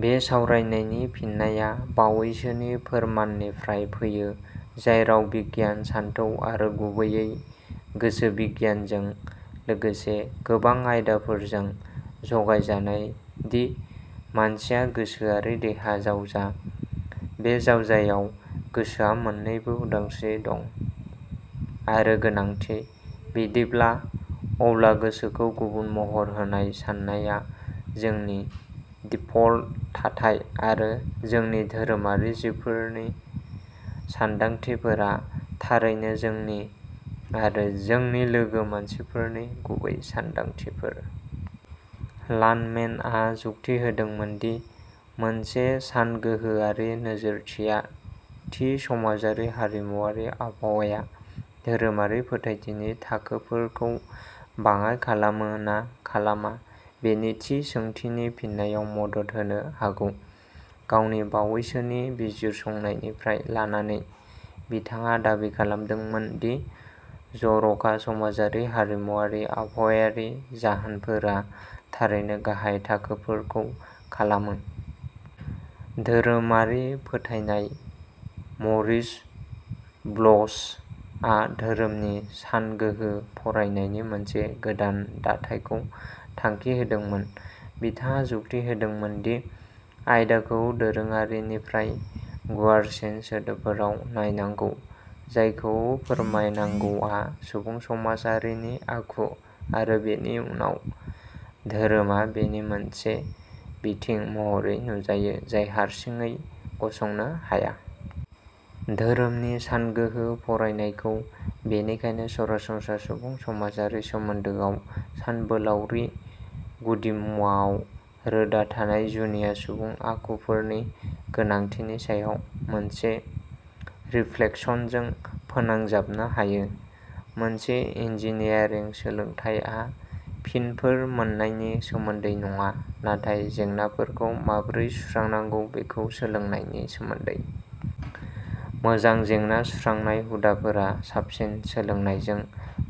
बे सावरायनायनि फिननाया बावैसोनि फोरमाननिफ्राय फैयो, जाय राव बिगियान, सानथौ आरो गुबैयै गोसोबिगियानजों लोगोसे गोबां आयदाफोरजों जगायजानाय, दि मानसिया गोसोआरि देहा जावजा। बे जावजायाव गोसोआ मोन्नैबो उदांस्रि दं। आरो गोनांथि। बिदिब्ला अब्ला गोसोखौ गुबुन महर होनाय साननाया जोंनि दिफल्ट थाथाय, आरो जोंनि धोरोमारि जिबफोरनि सानदांथिफोरा थारैनो जोंनि आरो जोंनि लोगो मानसिफोरनि गुबै सानदांथिफोर। लानमेनआ जुक्ति होदोंमोन दि मोनसे सानगोहोआरि नोजोरथिया थि समाजारि हारिमुआरि आबहावाया धोरोमारि फोथायथिनि थाखोफोरखौ बाङाइ खालामो ना खालामा बेनि थि सोंथिनि फिननायाव मदद होनो हागौ। गावनि बावैसोनि बिजिरसंनायनिफ्राय लानानै, बिथाङा दाबि खालामदोंमोन दि जर'खा समाजारि हारिमुआरि आबहावायारि जाहोनफोरा थारैनो गाहाय थाखोफोरखौ खालामो। धोरोमारि फोथायनाय। मरिस ब्लच आ'धोरोम'नि सानगोहो फरायनायनि मोनसे गोदान दाथायखौ थांखि होदोंमोन। बिथाङा जुक्ति होदोंमोन दि आयदाखौ दोरोङारिनिफ्राय गुवारसिन सोदोबफोराव नायनांगौ जायखौ फोरमायनांगौआ सुबुं समाजआरिनि आखु, आरो बेनि उनाव धोरोमा बेनि मोनसे बिथिं महरै नुजायो जाय हारसिङै गसंनो हाया। धोरोमनि सानगोहो फरायनायखौ बेनिखायनो सरासनस्रा सुबुं समाजारि सोमोन्दोआव सानबोलावरि गुदिमुवाआव रोदा थानाय जुनिया सुबुं आखुफोरनि गोनांथिनि सायाव मोनसे रिफ्लेक्सनजों फोनांजाबनो हायो। मोनसे इन्जिनियारिं सोलोंथायआ फिनफोर मोन्नायनि सोमोन्दै नङा, नाथाय जेंनाफोरखौ माबोरै सुस्रांनांगौ बेखौ सोलोंनायनि सोमोन्दै। मोजां जेंना सुस्रांनाय हुदाफोरा साबसिन सोलोंनायजों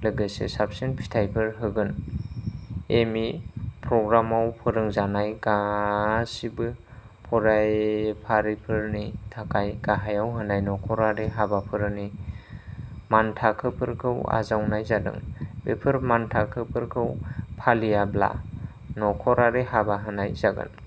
लोगोसे साबसिन फिथायफोर होगोन। एम ई प्रग्रामाव फोरोंजानाय गासिबो फरायफारिफोरनि थाखाय गाहायाव होनाय न'खरारि हाबाफोरनि मानथाखोफोरखौ आजावनाय जादों। बेफोर मानथाखोफोरखौ फालियाब्ला न'खरारि हाबा होनाय जागोन।